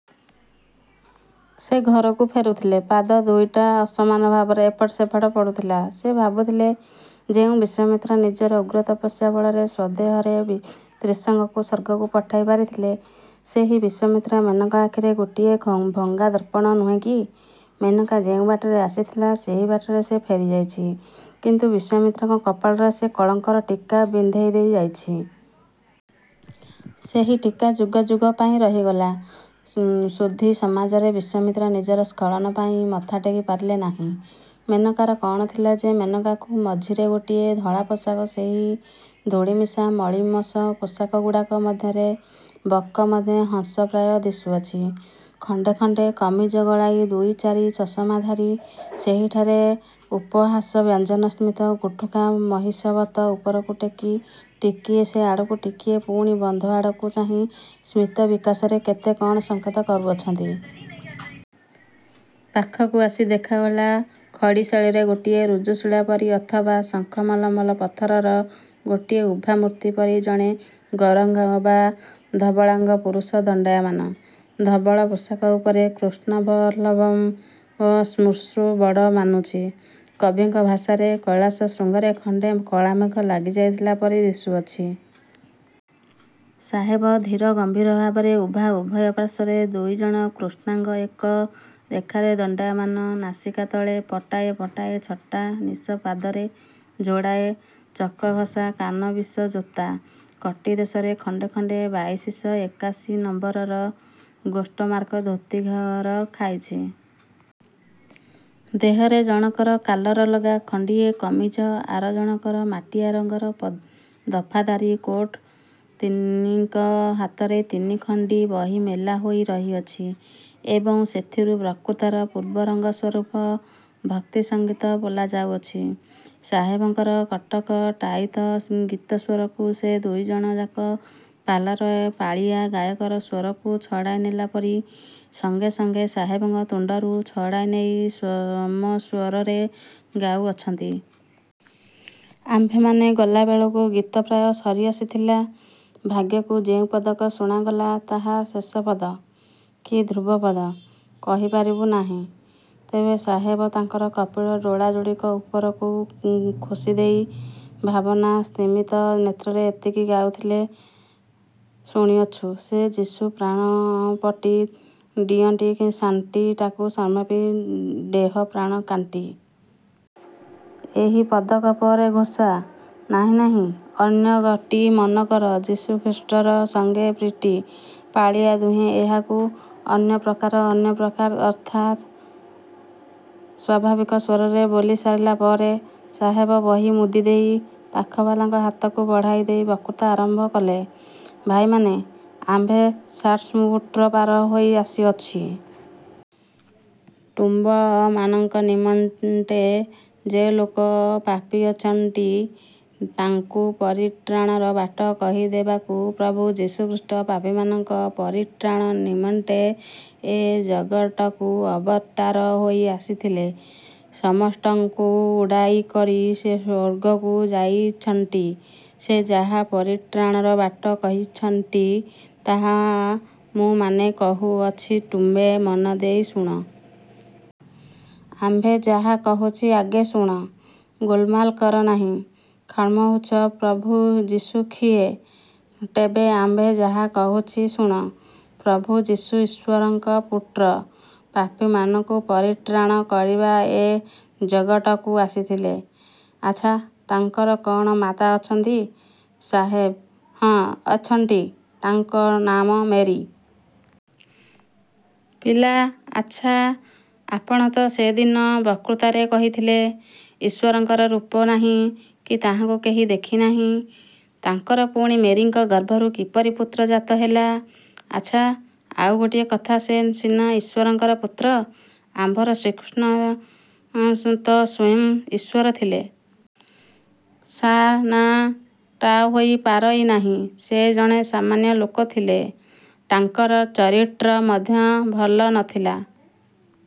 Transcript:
ସେ ଘରକୁ ଫେରୁଥିଲେ। ପାଦ ଦୁଇଟା ଅସମାନ ଭାବରେ ଏପଟେ ସେପଟେ ପଡ଼ୁଥିଲା। ସେ ଭାବୁଥିଲେ ଯେଉଁ ବିଶ୍ୱାମିତ୍ର ନିଜର ଉଗ୍ର ତପସ୍ୟା ବଳରେ ସ୍ୱଦେହରେ ତ୍ରିଶଙ୍କୁକୁ ସ୍ୱର୍ଗକୁ ପଠାଇ ପାରିଥିଲେ ସେହି ବିଶ୍ୱାମିତ୍ର ମେନକା ଆଖିରେ ଗୋଟିଏ ଭଙ୍ଗାଦର୍ପଣ ନୁହେଁ କି? ମେନକା ଯେଉଁ ବାଟରେ ଆସିଥିଲା ସେହି ବାଟରେ ସେ ଫେରିଯାଇଛି; କିନ୍ତୁ ବିଶ୍ୱାମିତ୍ରଙ୍କ କପାଳରେ ସେ କଳଙ୍କର ଟୀକା ପିନ୍ଧାଇଦେଇ ଯାଇଛି। ସେହି ଟୀକା ଯୁଗଯୁଗ ପାଇଁ ରହିଗଲା। ସୁଧୀ ସମାଜରେ ବିଶ୍ୱାମିତ୍ର ନିଜର ସ୍ଖଳନ ପାଇଁ ମଥାଟେକି ପାରିଲେ ନାହିଁ। ମେନକାର କ'ଣ ଥିଲା ଯେ ମେନକାକୁ। ମଝିରେ ଗୋଟିଏ ଧଳାପୋଷାକ ସେହି ଧୂଳିମିଶା ମଳୀମସ ପୋଷାକଗୁଡ଼ାକ ମଧ୍ୟରେ 'ବକ ମଧ୍ୟେ ହଂସ ପ୍ରାୟ' ଦିଶୁଅଛି। ଖଣ୍ତେ ଖଣ୍ତେ କମିଜ ଗଳାଇ ଦୁଇ ଚାରି ଚଷମାଧାରୀ ସେହିଠାରେ ଉପହାସବ୍ୟଞ୍ଜକ ସ୍ମିତ ମୁଖଟା ମହିଷବତ୍ ଉପରକୁ ଟେକି ଟିକିଏ ସେ ଆଡ଼କୁ ଟିକିଏ ପୁଣି ବନ୍ଧୁ ଆଡ଼କୁ ଚାହିଁ ସ୍ମିତବିକାଶରେ କେତେ କଣ ସଙ୍କେତ କରୁଅଛନ୍ତି। ପାଖକୁ ଆସି ଦେଖାଗଲା, ଖଡ଼ିଶୈଳର ଗୋଟିଏ ଋଜୁଶିଳା ପରି ଅଥବା ଶଙ୍ଖମଲମଲ ପଥରର ଗୋଟିଏ ଉଭାମୂର୍ତ୍ତି ପରି ଜଣେ ଗୌରାଙ୍ଗ ବା ଧବଳାଙ୍ଗ ପୁରୁଷ ଦଣ୍ତାୟମାନ। ଧବଳପୋଷାକ ଉପରେ କୃଷ୍ଣାଭ ଲମ୍ବ ଶ୍ମଶ୍ରୁ ବଡ଼ ମାନୁଛି। କବିଙ୍କ ଭାଷାରେ କୈଳାସଶୃଙ୍ଗରେ ଖଣ୍ତେ କଳାମେଘ ଲାଗିଯାଇଥିଲା ପରି ଦିଶୁଅଛି। ସାହେବ ଧୀର ଗମ୍ଭୀର ଭାବରେ ଉଭା ଉଭୟ ପାର୍ଶ୍ୱରେ ଦୁଇ ଜଣ କୃଷ୍ଣାଙ୍ଗ ଏକ ରେଖାରେ ଦଣ୍ଡାୟମାନ ନାସିକା ତଳେ ପଟାଏ ପଟାଏ ଛଟା ନିଶ ପାଦରେ ଯୋଡ଼ାଏ ଚକଘଷା କାନବିସ ଯୋତା। କଟିଦେଶରେ ଖଣ୍ଡେ ଖଣ୍ତେ ବାଇଶିଶ ଏକାଶୀ ନମ୍ବରର ଗୋଷ୍ଟମାର୍କ ଧୋତି ଘେର ଖାଇଛି। ଦେହରେ ଜଣକର କାଲରଲଗା ଖଣ୍ତିଏ କମିଜ ଆର ଜଣକର ମାଟିଆ ରଙ୍ଗର ଦଫାଦାରୀ କୋଟ। ତିନିଙ୍କ ହାତରେ ତିନି ଖଣ୍ତି ବହି ମେଲା ହୋଇ ରହିଅଛି ଏବଂ ସେଥିରୁ ବକ୍ତୃତାର ପୂର୍ବରଙ୍ଗସ୍ୱରୂପ ଭକ୍ତିସଙ୍ଗୀତ ବୋଲା ଯାଉଅଛି। ସାହେବଙ୍କର କଟକଟାୟିତ ଗୀତସ୍ୱରକୁ ସେ ଦୁଇଜଣ ଯାକ ପାଲାରେ ପାଳିଆ ଗାୟକର ସ୍ୱରକୁ ଛଡ଼ାଇନେଲା ପରି ସଙ୍ଗେ ସଙ୍ଗେ ସାହେବଙ୍କ ତୁଣ୍ତରୁ ଛଡ଼ାଇନେଇ ସମସ୍ୱରରେ ଗାଉଅଛନ୍ତି। ଆମ୍ଭେମାନେ ଗଲାବେଳକୁ ଗୀତ ପ୍ରାୟ ସରିଆସିଥିଲା। ଭାଗ୍ୟକୁ ଯେଉଁ ପଦକ ଶୁଣାଗଲା, ତାହା ଶେଷ ପଦ, କି ଧ୍ରୁବପଦ, କହି ପାରିବୁଁ ନାହିଁ ତେବେ ସାହେବ ତାଙ୍କର କପିଳ ଡୋଳା ଯୋଡ଼ିକ ଉପରକୁ ଖୋଷିଦେଇ ଭାବନାସ୍ତିମିତ ନେତ୍ରରେ ଏତିକି ଗାଉଥିଲେ ଶୁଣିଅଛୁଁ। ସେ ଯିଶୁ ପ୍ରାଣପଟି ଡିଅଣ୍ଟି ଶାଣ୍ଟି ଟାଙ୍କୁ ସମର୍ପ ଡେହପ୍ରାଣ କାଣ୍ଟି। ଏହି ପଦକ ପରେ ଘୋଷା- ନାହିଁ ନାହିଁ ଅନ୍ୟ ଗଟି ମନ କର ଯୀଶୁଖ୍ରୀଷ୍ଟର ସଙ୍ଗେ ପ୍ରୀଟି। ପାଳିଆ ଦୁହେଁ ଏହାକୁ ଅନ୍ୟପ୍ରକାରେ, ଅନ୍ୟପ୍ରକାରେ ଅର୍ଥାତ୍ ସ୍ୱାଭାବିକ ସ୍ୱରରେ ବୋଲିସାରିଲା ପରେ ସାହେବ ବହି ମୁଦିଦେଇ ପାଖବାଲାଙ୍କ ହାତକୁ ବଢ଼ାଇଦେଇ ବକ୍ତୃତା ଆରମ୍ଭ କଲେ- 'ଭାଇମାନେ, ଆମ୍ଭେ ସାଟ୍ସମୁଡ୍ର ପାର ହୋଇ ଆସିଅଛି। ଟୁମ୍ବମାନଙ୍କ ନିମଣ୍ଟେ ଯେ ଲୋକ ପାପୀ ଅଛଣ୍ଟି, ଟାଙ୍କୁ ପରିଠ୍ରାଣର ବାଟ କହିଡେବାକୁ, ପ୍ରଭୁ ଯୀଶୁଖ୍ରୀଷ୍ଟ ପାପିମାନଙ୍କ ପରିଟ୍ରାଣ ନିମଣ୍ଟେ ଏ ଜଗଟକୁ ଅବଟାର ହୋଇ ଆସିଥିଲେ। ସମଷ୍ଟଙ୍କୁ ଉଡ୍ଢାର କରି ସେ ସ୍ୱର୍ଗକୁ ଯାଇଚ୍ଛଣ୍ଟି। ସେ ଯାହା ପରିଟ୍ରାଣର ବାଟ କହିଛଣ୍ଟି ଟାହା ମୁଁ ମାନେ କହୁଅଛି ଟୁମ୍ବେ ମନ ଡେଇ ଶୁଣ। ଆମ୍ବେ ଯାହା କହୁଛି ଆଗେ ଶୁଣ ଗୋଲମାଲ କର ନାହିଁ। ଖଣ୍କହୁଛ- ପ୍ରଭୁ ଯୀଶୁ ଖିଏ? ଟେବେ ଆମ୍ବେ ଯାହା କହୁଛି ଶୁଣ। ପ୍ରଭୁ ଯୀଶୁ ଈଶ୍ୱରଙ୍କର ପୁଟ୍ର, ପାପିମାନଙ୍କୁ ପରିଟ୍ରାଣ କରିବାପାଇଁ ଏ ଜଗଟକୁ ଆସିଥିଲେ। ''ଆଚ୍ଛା, ତାଙ୍କର କଣ ମାତା ଅଛନ୍ତି? '' ସାହେବ-ହଁ, ଅଛଣ୍ଟି ଟାଙ୍କ ନାମ ମେରୀ। ପିଲା- ଆଚ୍ଛା, ଆପଣ ତ ସେ ଦିନ ତକ୍ତୃତାରେ କହିଥିଲେ, ଈଶ୍ୱରଙ୍କର ରୂପ ନାହିଁ, କି ତାହାଙ୍କୁ କେହି ଦେଖି ନାହିଁ। ତାଙ୍କର ପୁଣି ମେରୀଙ୍କ ଗର୍ଭରୁ କିପରି ପୁତ୍ର ଜାତ ହେଲା? ଆଚ୍ଛା, ଆଉ ଗୋଟିଏ କଥା ସେ ସିନା ଈଶ୍ୱରଙ୍କର ପୁତ୍ର, ଆମ୍ଭର ଶ୍ରୀକୃଷ୍ଣ ତ ସ୍ୱୟଂ ଈଶ୍ୱର ଥିଲେ। ସା- ନା, ଟା ହୋଇ ପାରଇ ନାହିଁ। ସେ ଜନେ ସାମାନ୍ୟ ଲୋକ ଥିଲେ। ଟାଙ୍କର ଚରିଟ୍ର ମଧ୍ୟ ଭଲ ନ ଠିଲା।